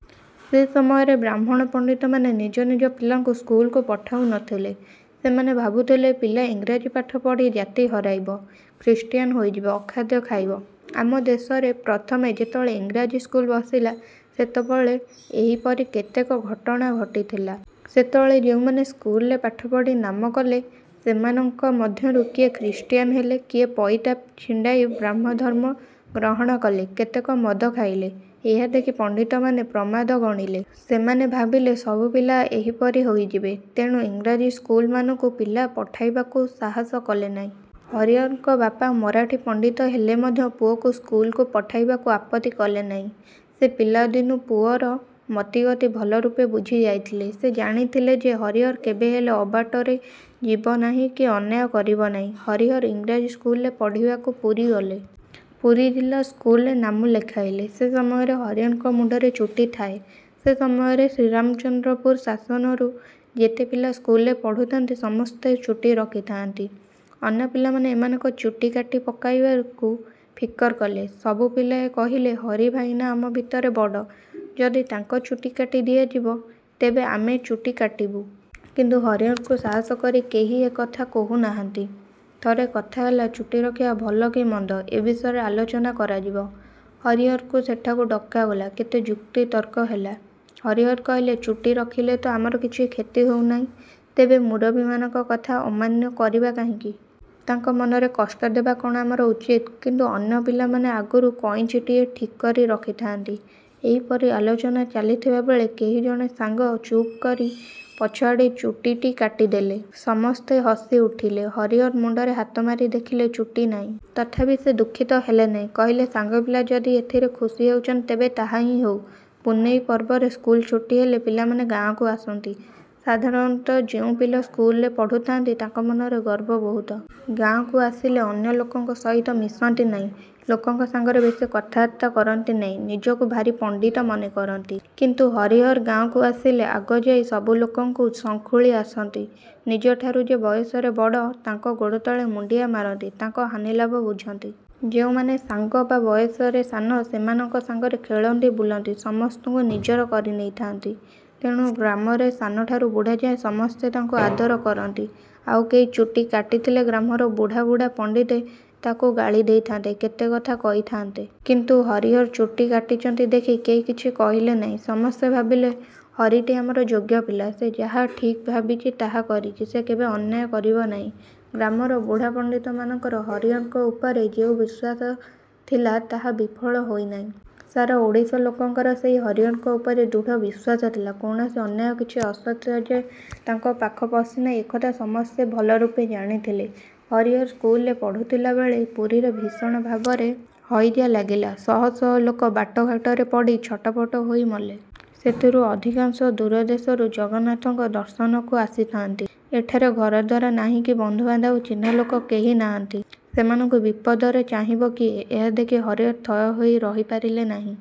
ସେ ସମୟରେ ବ୍ରାହ୍ମଣ ପଣ୍ଡିତମାନେ ନିଜ ନିଜ ପିଲାଙ୍କୁ ସ୍କୁଲକୁ ପଠାଉ ନ ଥିଲେ। ସେମାନେ ଭାବୁଥିଲେ ପିଲା ଇଂରାଜୀ ପାଠ ପଢ଼ି ଜାତି ହରାଇବ ଖ୍ରୀଷ୍ଟିୟାନ ହୋଇଯିବ ଅଖାଦ୍ୟ ଖାଇବ। ଆମ ଦେଶରେ ପ୍ରଥମେ ଯେତେବେଳେ ଇଂରାଜୀ ସ୍କୁଲ ବସିଲା ସେତେବେଳେ ଏହିପରି କେତେକ ଘଟଣା ଘଟିଥିଲା। ସେତେବେଳେ ଯେଉଁମାନେ ସ୍କୁଲରେ ପାଠ ପଢ଼ି ନାମ କଲେ ସେମାନଙ୍କ ମଧ୍ୟରୁ କିଏ ଖ୍ରୀଷ୍ଟିୟାନ ହେଲେ କିଏ ପଇତା ଛିଣ୍ଡାଇ ବ୍ରାହ୍ମଧର୍ମ ଗ୍ରହଣ କଲେ କେତେକ ମଦ ଖାଇଲେ। ଏହା ଦେଖି ପଣ୍ଡିତମାନେ ପ୍ରମାଦ ଗଣିଲେ। ସେମାନେ ଭାବିଲେ ସବୁ ପିଲା ଏହିପରି ହୋଇଯିବେ। ତେଣୁ ଇଂରାଜୀ ସ୍କୁଲମାନଙ୍କୁ ପିଲା ପଠାଇବାକୁ ସାହସ କଲେ ନାହିଁ। ହରିହରଙ୍କ ବାପା ମରାଠୀ ପଣ୍ଡିତ ହେଲେ ମଧ୍ୟ ପୁଅକୁ ସ୍କୁଲକୁ ପଠାଇବାକୁ ଆପତ୍ତି କଲେ ନାହିଁ। ସେ ପିଲାଦିନୁ ପୁଅର ମତିଗତି ଭଲରୂପେ ବୁଝିଯାଇଥିଲେ। ସେ ଜାଣିଥିଲେ ଯେ ହରିହର କେବେହେଲେ ଅବାଟରେ ଯିବ ନାହିଁ କି ଅନ୍ୟାୟ କରିବ ନାହିଁ। ହରିହର ଇଂରାଜୀ ସ୍କୁଲରେ ପଢ଼ିବାକୁ ପୁରୀ ଗଲେ। ପୁରୀ ଜିଲ୍ଲା ସ୍କୁଲରେ ନାମ ଲେଖାଇଲେ। ସେ ସମୟରେ ହରିହରଙ୍କ ମୁଣ୍ଡରେ ଚୁଟି ଥାଏ। ସେ ସମୟରେ ଶ୍ରୀରାମଚନ୍ଦ୍ରପୁର ଶାସନରୁ ଯେତେ ପିଲା ସ୍କୁଲରେ ପଢ଼ୁଥାନ୍ତି ସମସ୍ତେ ଚୁଟି ରଖିଥାଆନ୍ତି। ଅନ୍ୟ ପିଲାମାନେ ଏମାନଙ୍କ ଚୁଟି କାଟି ପକାଇବାକୁ ଫିକର କଲେ। ସବୁ ପିଲାଏ କହିଲେ ହରି ଭାଇନା ଆମ ଭିତରେ ବଡ଼ ଯଦି ତାଙ୍କ ଚୁଟି କାଟି ଦିଆଯିବ ତେବେ ଆମେ ଚୁଟି କାଟିବୁ। କିନ୍ତୁ ହରିହରଙ୍କୁ ସାହସ କରି କେହି ଏ କଥା କହୁ ନ ଥାନ୍ତି। ଥରେ କଥା ହେଲା ଚୁଟି ରଖିବା ଭଲ କି ମନ୍ଦ ଏ ବିଷୟରେ ଆଲୋଚନା କରାଯିବ। ହରିହରଙ୍କୁ ସେଠାକୁ ଡକାଗଲା। କେତେ ଯୁକ୍ତିତର୍କ ହେଲା। ହରିହର କହିଲେ ଚୁଟି ରଖିଲେ ତ ଆମର କିଛି କ୍ଷତି ହେଉ ନାହିଁ ତେବେ ମୁରବିମାନଙ୍କ କଥା ଅମାନ୍ୟ କରିବା କାହିଁକି? ତାଙ୍କ ମନରେ କଷ୍ଟ ଦେବା କ’ଣ ଆମର ଉଚିତ୍? କିନ୍ତୁ ଅନ୍ୟ ପିଲାମାନେ ଆଗରୁ କଇଞ୍ଚିଟିଏ ଠିକ୍ କରି ରଖିଥାଆନ୍ତି। ଏହିପରି ଆଲୋଚନା ଚାଲିଥିବାବେଳେ କେହି ଜଣେ ସାଙ୍ଗ ଚୁପ୍ କରି ପଛଆଡ଼େ ଚୁଟିଟି କାଟିଦେଲେ। ସମସ୍ତେ ହସିଉଠିଲେ। ହରିହର ମୁଣ୍ଡରେ ହାତମାରି ଦେଖିଲେ ଚୁଟି ନାହିଁ। ତଥାପି ସେ ଦୁଃଖିତ ହେଲେ ନାହିଁ। କହିଲେ ସାଙ୍ଗ ପିଲା ଯଦି ଏଥିରେ ଖୁସି ହେଉଛନ୍ତି ତେବେ ତାହା ହିଁ ହେଉ। ପୁନେଇ ପର୍ବରେ ସ୍କୁଲ ଛୁଟି ହେଲେ ପିଲାମାନେ ଗାଁକୁ ଆସନ୍ତି। ସାଧାରଣତଃ ଯେଉଁ ପିଲା ସ୍କୁଲରେ ପଢ଼ୁଥାଆନ୍ତି ତାଙ୍କ ମନରେ ଗର୍ବ ବହୁତ। ଗାଁକୁ ଆସିଲେ ଅନ୍ୟ ଲୋକଙ୍କ ସହିତ ମିଶନ୍ତି ନାହିଁ। ଲୋକଙ୍କ ସାଙ୍ଗରେ ବେଶୀ କଥାବାର୍ତ୍ତା କରନ୍ତି ନାହିଁ। ନିଜକୁ ଭାରି ପଣ୍ଡିତ ମନେକରନ୍ତି। କିନ୍ତୁ ହରିହର ଗାଁକୁ ଆସିଲେ ଆଗ ଯାଇ ସବୁ ଲୋକଙ୍କୁ ସଙ୍ଖୁଳି ଆସନ୍ତି। ନିଜଠାରୁ ଯେ ବୟସରେ ବଡ଼ ତାଙ୍କ ଗୋଡ଼ତଳେ ମୁଣ୍ଡିଆ ମାରନ୍ତି ତାଙ୍କ ହାନିଲାଭ ବୁଝନ୍ତି। ଯେଉଁମାନେ ସାଙ୍ଗ ବା ବୟସରେ ସାନ ସେମାନଙ୍କ ସାଙ୍ଗରେ ଖେଳନ୍ତି ବୁଲନ୍ତି। ସମସ୍ତଙ୍କୁ ନିଜର କରିନେଇଥାନ୍ତି। ତେଣୁ ଗ୍ରାମରେ ସାନଠାରୁ ବୁଢ଼ାଯାଏ ସମସ୍ତେ ତାଙ୍କୁ ଆଦର କରନ୍ତି। ଆଉ କେହି ଚୁଟି କାଟିଥିଲେ ଗ୍ରାମର ବୁଢ଼ା ବୁଢ଼ା ପଣ୍ଡିତେ ତାକୁ ଗାଳି ଦେଇଥାନ୍ତେ କେତେ କଥା କହିଥାନ୍ତେ। କିନ୍ତୁ ହରିହର ଚୁଟି କାଟିଛନ୍ତି ଦେଖି କେହି କିଛି କହିଲେ ନାହିଁ। ସମସ୍ତେ ଭାବିଲେ ହରିଟି ଆମର ଯୋଗ୍ୟ ପିଲା। ସେ ଯାହା ଠିକ୍ ଭାବିଛି ତା କରିଛି। ସେ କେବେ ଅନ୍ୟାୟ କରିବ ନାହିଁ। ଗ୍ରାମର ବୁଢ଼ା ପଣ୍ଡିତମାନଙ୍କର ହରିହରଙ୍କ ଉପରେ ଯେଉଁ ବିଶ୍ୱାସ ଥିଲା ତାହା ବିଫଳ ହୋଇନାହିଁ। ସାରା ଓଡ଼ିଶା ଲୋକଙ୍କର ସେହି ହରିହରଙ୍କ ଉପରେ ଦୃଢ଼ ବିଶ୍ୱାସ ଥିଲା। କୌଣସି ଅନ୍ୟାୟ କିଛି ଅସତ୍ୟ ଯେ ତାଙ୍କ ପାଖ ପଶି ନାହିଁ ଏ କଥା ସମସ୍ତେ ଭଲରୂପେ ଜାଣିଥିଲେ। ହରିହର ସ୍କୁଲରେ ପଢ଼ୁଥିଲାବେଳେ ପୁରୀରେ ଭୀଷଣ ଭାବରେ ହଇଜା ଲାଗିଲା। ଶହ ଶହ ଲୋକ ବାଟଘାଟରେ ପଡ଼ି ଛଟପଟ ହୋଇ ମଲେ। ସେଥିରୁ ଅଧିକାଂଶ ଦୂର ଦେଶରୁ ଜଗନ୍ନାଥଙ୍କ ଦର୍ଶନକୁ ଆସିଥାଆନ୍ତି। ଏଠାରେ ଘରଦ୍ୱାର ନାହିଁ କି ବନ୍ଧୁବାନ୍ଧବ ଚିହ୍ନା ଲୋକ କେହି ନାହାନ୍ତି। ସେମାନଙ୍କୁ ବିପଦରେ ଚାହିଁବ କିଏ? ଏହା ଦେଖି ହରିହର ଥୟ ହୋଇ ରହିପାରିଲେ ନାହିଁ।